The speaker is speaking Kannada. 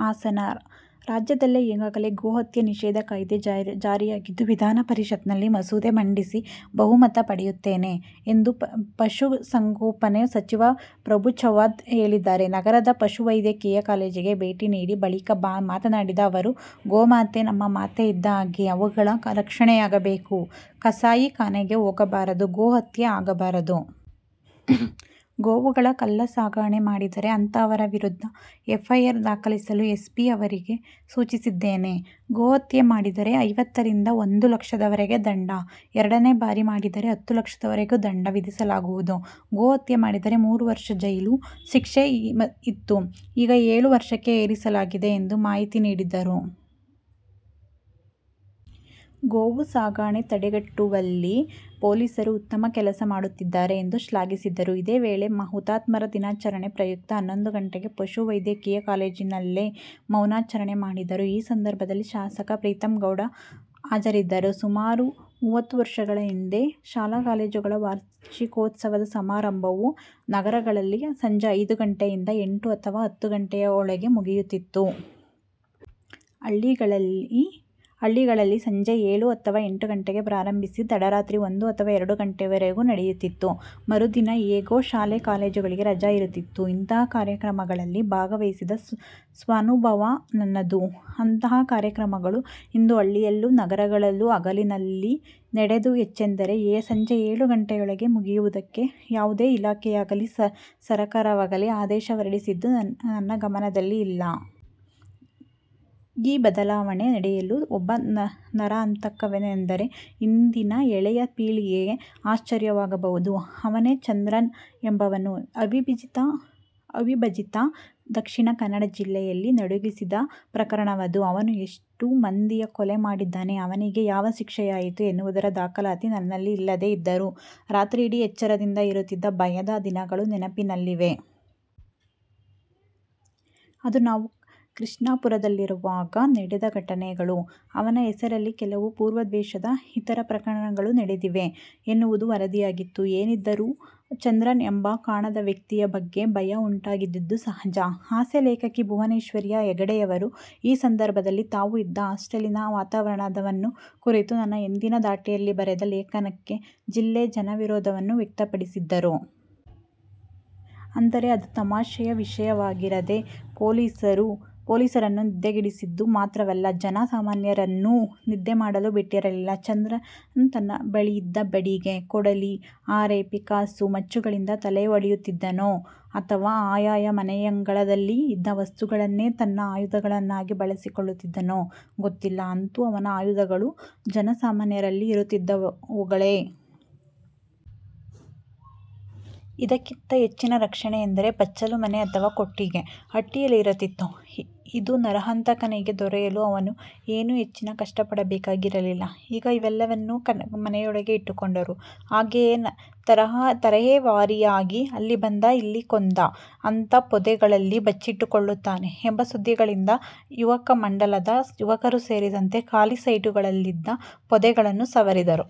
ಹಾಸನ: ರಾಜ್ಯದಲ್ಲಿ ಈಗಾಗಲೇ ಗೋಹತ್ಯೆ ನಿಷೇಧ ಕಾಯ್ದೆ ಜಾರಿಯಾಗಿದ್ದು, ವಿಧಾನ ಪರಿಷತ್ ನಲ್ಲಿ ಮಸೂದೆ ಮಂಡಿಸಿ ಬಹುಮತ ಪಡೆಯುತ್ತೇನೆ ಎಂದು ಪಶುಸಂಗೋಪನೆ ಸಚಿವ ಫ್ರಭುಚೌವ್ಹಾಣ್ ಹೇಳಿದ್ದಾರೆ. ನಗರದ ಪಶುವೈದ್ಯಕೀಯ ಕಾಲೇಜಿಗೆ ಭೇಟಿ ನೀಡಿ ಬಳಿಕ ಮಾತನಾಡಿದ ಅವರು, ಗೋಮಾತೆ ನಮ್ಮ ಮಾತೆ ಇದ್ದಹಾಗೆ ಅವುಗಳ ರಕ್ಷಣೆಯಾಗಬೇಕು, ಕಸಾಯಿಖಾನೆಗೆ ಹೋಗಬಾರದು, ಗೋಹತ್ಯೆ ಆಗಬಾರದು. ಗೋವುಗಳ ಕಳ್ಳ ಸಾಗಣೆ ಮಾಡಿದರೆ ಅಂತಹವರ ವಿರುದ್ಧ ಎಫ್ಐಆರ್ ದಾಖಲಿಸಲು ಎಸ್ಪಿ ಅವರಿಗೆ ಸೂಚಿಸಿದ್ದೇನೆ. ಗೋಹತ್ಯೆ ಮಾಡಿದರೆ ಐವತ್ತರಿಂದ ಒಂದು ಲಕ್ಷದವರೆಗೆ ದಂಡ, ಎರಡನೇ ಬಾರಿ ಮಾಡಿದರೆ ಹತ್ತು ಲಕ್ಷದವರೆಗೂ ದಂಡ ವಿಧಿಸಲಾಗುವುದು. ಗೋವು ಹತ್ಯೆ ಮಾಡಿದರೆ ಮೂರು ವರ್ಷ ಜೈಲು ಶಿಕ್ಷೆ ಇತ್ತು ಈಗ ಏಳು ವರ್ಷಕ್ಕೆ ಏರಿಸಲಾಗಿದೆ ಎಂದು ಮಾಹಿತಿ ನೀಡಿದರು. ಗೋವು ಸಾಗಾಣೆ ತಡೆಗಟ್ಟುವಲ್ಲಿ ಪೊಲೀಸರು ಉತ್ತಮ ಕೆಲಸ ಮಾಡುತ್ತಿದ್ದಾರೆ ಎಂದು ಶ್ಲಾಘಿಸಿದರು. ಇದೇ ವೇಳೆ ಹುತಾತ್ಮರ ದಿನಾಚರಣೆ ಪ್ರಯುಕ್ತ ಹನ್ನೊಂದು ಗಂಟೆಗೆ ಪಶುವೈದ್ಯಕೀಯ ಕಾಲೇಜಿನಲ್ಲೇ ಮೌನಾಚರಣೆ ಮಾಡಿದರು. ಈ ಸಂದರ್ಭದಲ್ಲಿ ಶಾಸಕ ಪ್ರೀತಂಗೌಡ ಹಾಜರಿದ್ದರು. ಸುಮಾರು ಮೂವತ್ತು ವರ್ಷಗಳ ಹಿಂದೆ ಶಾಲಾ ಕಾಲೇಜುಗಳ ವಾರ್ಷಿಕೋತ್ಸವ ಸಮಾರಂಭವು ನಗರಗಳಲ್ಲಿ ಸಂಜೆ ಐದು ಗಂಟೆಯಿಂದ ಎಂಟು ಅಥವಾ ಹತ್ತು ಗಂಟೆಯೊಳಗೆ ಮುಗಿಯುತ್ತಿತ್ತು. ಹಳ್ಳಿಗಳಲ್ಲಿ ಸಂಜೆ ಏಳು ಅಥವಾ ಎಂಟು ಗಂಟೆಗೆ ಪ್ರಾರಂಭಿಸಿ ತಡರಾತ್ರಿ ಒಂದು ಅಥವಾ ಎರಡು ಗಂಟೆಯವರೆಗೂ ನಡೆಯುತ್ತಿತ್ತು. ಮರುದಿನ ಹೇಗೂ ಶಾಲಾ ಕಾಲೇಜುಗಳಿಗೆ ರಜಾ ಇರುತ್ತಿತ್ತು. ಇಂತಹ ಕಾರ್ಯಕ್ರಮಗಳಲ್ಲಿ ಭಾಗವಹಿಸಿದ ಸ್ವಾನುಭವ ನನ್ನದು. ಅಂತಹ ಕಾರ್ಯಕ್ರಮಗಳು ಇಂದು ಹಳ್ಳಿಯಲ್ಲೂ ನಗರಗಳಲ್ಲೂ ಹಗಲಿನಲ್ಲಿ ನಡೆದು ಹೆಚ್ಚೆಂದರೆ ಸಂಜೆ ಏಳು ಗಂಟೆಯೊಳಗೆ ಮುಗಿಯುವುದಕ್ಕೆ ಯಾವುದೇ ಇಲಾಖೆಯಾಗಲಿ, ಸರಕಾರವಾಗಲಿ ಆದೇಶ ಹೊರಡಿಸಿದ್ದು ನನ್ನ ಗಮನದಲ್ಲಿ ಇಲ್ಲ. ಈ ಬದಲಾವಣೆ ನಡೆಯಲು ಒಬ್ಬ ನರಹಂತಕನೆಂದರೆ ಇಂದಿನ ಎಳೆಯ ಪೀಳಿಗೆಗೆ ಆಶ್ಚರ್ಯವಾಗಬಹುದು. ಅವನೇ ಚಂದ್ರನ್ ಎಂಬವನು. ಅವಿಭಜಿತ ದಕ್ಷಿಣ ಕನ್ನಡ ಜಿಲ್ಲೆಯನ್ನು ನಡುಗಿಸಿದ ಪ್ರಕರಣವದು. ಅವನು ಎಷ್ಟು ಮಂದಿಯ ಕೊಲೆ ಮಾಡಿದ್ದಾನೆ, ಅವನಿಗೆ ಯಾವ ಶಿಕ್ಷೆಯಾಯಿತು ಎನ್ನುವುದರ ದಾಖಲಾತಿ ನನ್ನಲ್ಲಿ ಇಲ್ಲದೆ ಇದ್ದರೂ ರಾತ್ರಿಯಿಡೀ ಎಚ್ಚರದಿಂದ ಇರುತ್ತಿದ್ದ ಭಯದ ದಿನಗಳು ನೆನಪಿನಲ್ಲಿವೆ. ಅದು ನಾವು ಕೃಷ್ಣಾಪುರದಲ್ಲಿರುವಾಗ ನಡೆದ ಘಟನೆಗಳು. ಅವನ ಹೆಸರಲ್ಲಿ ಕೆಲವು ಪೂರ್ವದ್ವೇಷದ ಇತರ ಪ್ರಕರಣಗಳೂ ನಡೆದಿವೆ ಎನ್ನುವುದೂ ವರದಿಯಾಗಿತ್ತು. ಏನಿದ್ದರೂ ಚಂದ್ರನ್ ಎಂಬ ಕಾಣದ ವ್ಯಕ್ತಿಯ ಬಗ್ಗೆ ಭಯ ಉಂಟಾಗಿದ್ದುದು ಸಹಜ. ಹಾಸ್ಯ ಲೇಖಕಿ ಭುವನೇಶ್ವರಿ ಹೆಗಡೆಯವರು ಈ ಸಂದರ್ಭದಲ್ಲಿ ತಾವು ಇದ್ದ ಹಾಸ್ಟೆಲಿನ ವಾತಾವರಣವನ್ನು ಕುರಿತು ತನ್ನ ಎಂದಿನ ಧಾಟಿಯಲ್ಲಿ ಬರೆದ ಲೇಖನಕ್ಕೆ ಜಿಲ್ಲೆಯ ಜನ ವಿರೋಧವನ್ನೂ ವ್ಯಕ್ತಪಡಿಸಿದ್ದರು. ಅಂದರೆ ಅದು ತಮಾಷೆಯ ವಿಷಯವಾಗಿರದೆ ಪೊಲೀಸರನ್ನು ನಿದ್ದೆಗೆಡಿಸಿದ್ದು ಮಾತ್ರವಲ್ಲ, ಜನ ಸಾಮಾನ್ಯರನ್ನೂ ನಿದ್ದೆ ಮಾಡಲು ಬಿಟ್ಟಿರಲಿಲ್ಲ. ಚಂದ್ರನ್ ತನ್ನ ಬಳಿಯಿದ್ದ ಬಡಿಗೆ, ಕೊಡಲಿ, ಹಾರೆ, ಪಿಕ್ಕಾಸು, ಮಚ್ಚುಗಳಿಂದ ತಲೆ ಒಡೆಯುತ್ತಿದ್ದನೋ ಅಥವಾ ಆಯಾಯ ಮನೆಯಂಗಳದಲ್ಲಿ ಇದ್ದ ವಸ್ತುಗಳನ್ನೇ ತನ್ನ ಆಯುಧಗಳನ್ನಾಗಿ ಬಳಸಿಕೊಳ್ಳುತ್ತಿದ್ದನೋ ಗೊತ್ತಿಲ್ಲ. ಅಂತೂ ಅವನ ಆಯುಧಗಳು ಜನ ಸಾಮಾನ್ಯರಲ್ಲಿ ಇರುತ್ತಿದ್ದವುಗಳೇ. ಇದಕ್ಕಿಂತ ಹೆಚ್ಚಿನ ರಕ್ಷಣೆ ಎಂದರೆ ಬಚ್ಚಲು ಮನೆ ಅಥವಾ ಕೊಟ್ಟಿಗೆ, ಹಟ್ಟಿಯಲ್ಲಿರುತ್ತಿತ್ತು. ಇದು ನರಹಂತಕನಿಗೆ ದೊರೆಯಲು ಅವನು ಏನೂ ಹೆಚ್ಚಿನ ಕಷ್ಟಪಡಬೇಕಾಗಿರಲಿಲ್ಲ. ಈಗ ಇವೆಲ್ಲವನ್ನೂ ಮನೆಯೊಳಗೆ ಇಟ್ಟುಕೊಂಡರು. ಹಾಗೆಯೇ ತರಹೇವಾರಿಯಾಗಿ ಅಲ್ಲಿ ಬಂದ, ಇಲ್ಲಿ ಕೊಂದ, ಆತ ಪೊದೆಗಳಲ್ಲಿ ಬಚ್ಚಿಟ್ಟುಕೊಳ್ಳುತ್ತಾನೆ ಎಂಬ ಸುದ್ದಿಗಳಿಂದ ಯುವಕ ಮಂಡಲದ ಯುವಕರೂ ಸೇರಿದಂತೆ ಖಾಲಿ ಸೈಟುಗಳಲ್ಲಿದ್ದ ಪೊದೆಗಳನ್ನು ಸವರಿದರು.